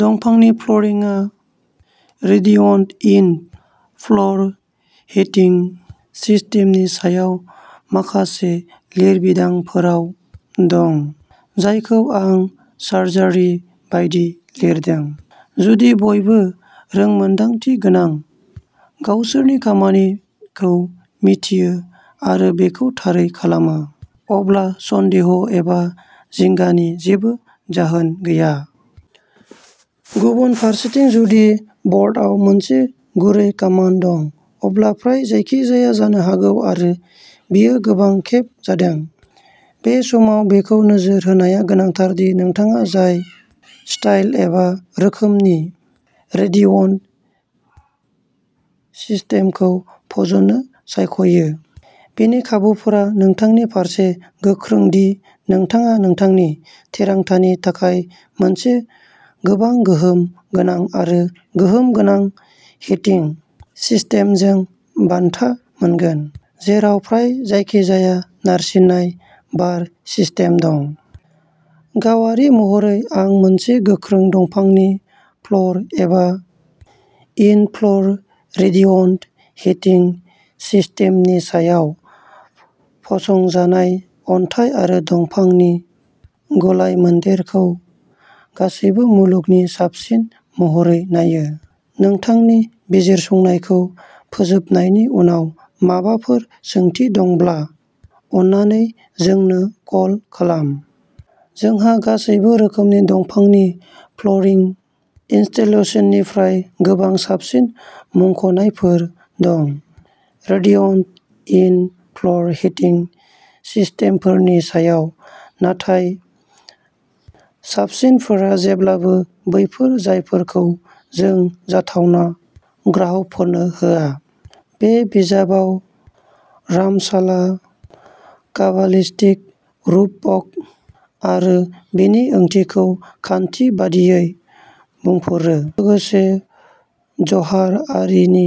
दंफांनि फ्ल'रिंआ radiant in-floor hitting सिस्टेमनि सायाव माखासे लिरबिदांफोराव दं, जायखौ आं सार्जारि बायदि लिरदों। जुदि बयबो रोंमोन्दांथि गोनां, गावसोरनि खामानिखौ मिथियो आरो बेखौ थारै खालामो, अब्ला सन्देह' एबा जिंगानि जेबो जाहोन गैया। गुबुन फारसेथिं, जुदि ब'र्डआव मोनसे गुरै कामान दं, अब्ला फ्राय जायखिजाया जानो हागौ, आरो बेयो गोबां खेब जादों। बे समाव बेखौ नोजोर होनाया गोनांथार दि नोंथाङा जाय स्टाइल एबा रोखोमनि रेडिअन्ट सिस्टेमखौ फज'नो सायख'यो, बेनि खाबुफोरा नोंथांनि फारसे गोख्रों दि नोंथाङा नोंथांनि थिरांथानि थाखाय मोनसे गोबां गोहोम गोनां आरो गोहोम गोनां हिटिं सिस्टेमजों बान्था मोनगोन, जेराव फ्राय जायखिजाया नारसिननाय बार सिस्टेम दं। गावारि महरै, आं मोनसे गोख्रों दंफांनि फ्ल'र, एबा इन-फ्ल'र रेडिअन्ट हिटिं सिस्टेमनि सायाव फसंजानाय अन्थाइ आरो दंफांनि गलायमोन्देरखौ गासैबो मुलुगनि साबसिन महरै नायो। नोंथांनि बिजिरसंनायखौ फोजोबनायनि उनाव माबाफोर सोंथि दंब्ला, अन्नानै जोंनो कल खालाम। जोंहा गासैबो रोखोमनि दंफांनि फ्ल'रिं इनस्टलेशननिफ्राय गोबां साबसिन मुंख'नायफोर दं, रेडिअन्ट इन-फ्ल'र हिटिं सिस्टेमफोरनि सायाव, नाथाय साबसिनफोरा जेब्लाबो बैफोर जायफोरखौ जों जाथावना ग्राहकफोरनो होआ। बे बिजाबाव, रामचाला काबालिस्टिक रुपक आरो बेनि ओंथिखौ खान्थि बायदियै बुंफोरो, लोगोसे ज'हार आरिनि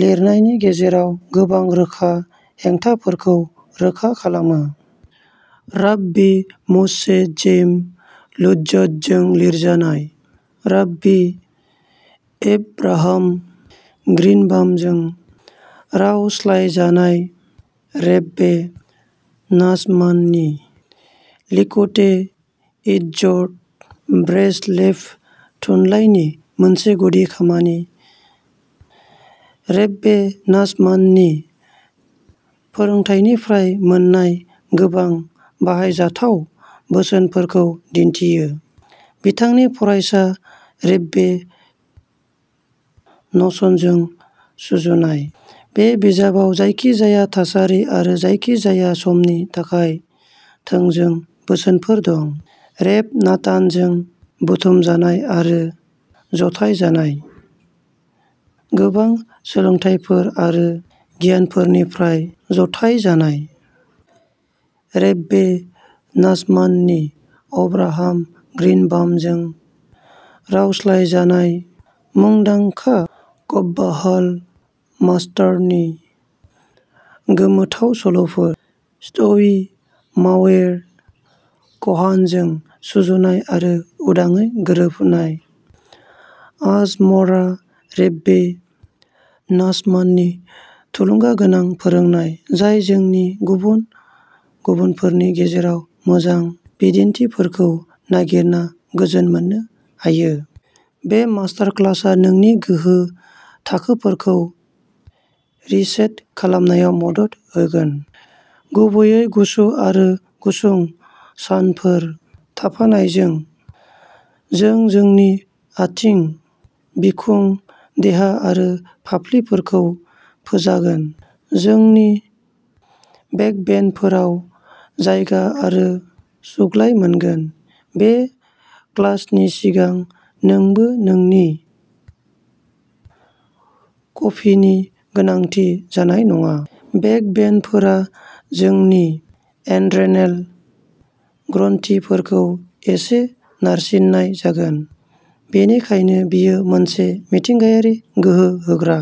लिरनायनि गेजेराव गोबां रोखा हेंथाफोरखौ रोखा खालामो। राब्बी म'शे चैम लुज्जात्त'जों लिरजानाय, राब्बी एभराहाम ग्रीनबामजों रावस्लायजानाय। रेब्बे नाचमाननि लिकुटेइ इटज'ट, ब्रेसलेभ थुनलाइनि मोनसे गुदि खामानि, रेब्बे नाचमाननि फोरोंनायनिफ्राय मोन्नाय गोबां बाहायजाथाव बोसोनफोरखौ दिन्थियो। बिथांनि फरायसा, रेब्बे न'सनजों सुजुनाय। बे बिजाबाव जायखिजाया थासारि आरो जायखिजाया समनि थाखाय थोंजों बोसोनफोर दं, रेब नातानजों बुथुमजानाय आरो जथायजानाय, गोबां सोलोंथायफोर आरो गियानफोरनिफ्राय जथायजानाय। रेब्बे नाचमाननि अभ्राहाम ग्रीनबामजों रावस्लायजानाय। मुंदांखा कब्बालाह मास्तरनि गोमोथाव सल'फोर। त्सवी मायर क'हनजों सुजुनाय आरो उदाङै गोरोबहोनाय। आजमरा रेब्बे नाचमाननि थुलुंगागोनां फोरोंनाय, जाय जोंनि आरो गुबुनफोरनि गेजेराव मोजां बिन्दोफोरखौ नागिरना गोजोन मोन्नो हायो। बे मास्टार क्लासआ नोंनि गोहो थाखोफोरखौ रिसेट खालामनायाव मदद होगोन, गुबैयै गुसु आरो गुसुं सानफोर थाफानायजों। जों जोंनि आथिं, बिखुं देहा आरो फाफ्लिफोरखौ फोजागोन, जोंनि बेकबेन्डफोराव जायगा आरो सुग्लाय मोनगोन। बे क्लासनि सिगां नोंनो नोंनि कफिनि गोनांथि जानाय नङा, बेकबेन्डफोरा जोंनि एड्रेनेल ग्रन्थिफोरखौ एसे नारसिन्नाय जागोन, बेनिखायनो बेयो मोनसे मिथिंगायारि गोहो होग्रा।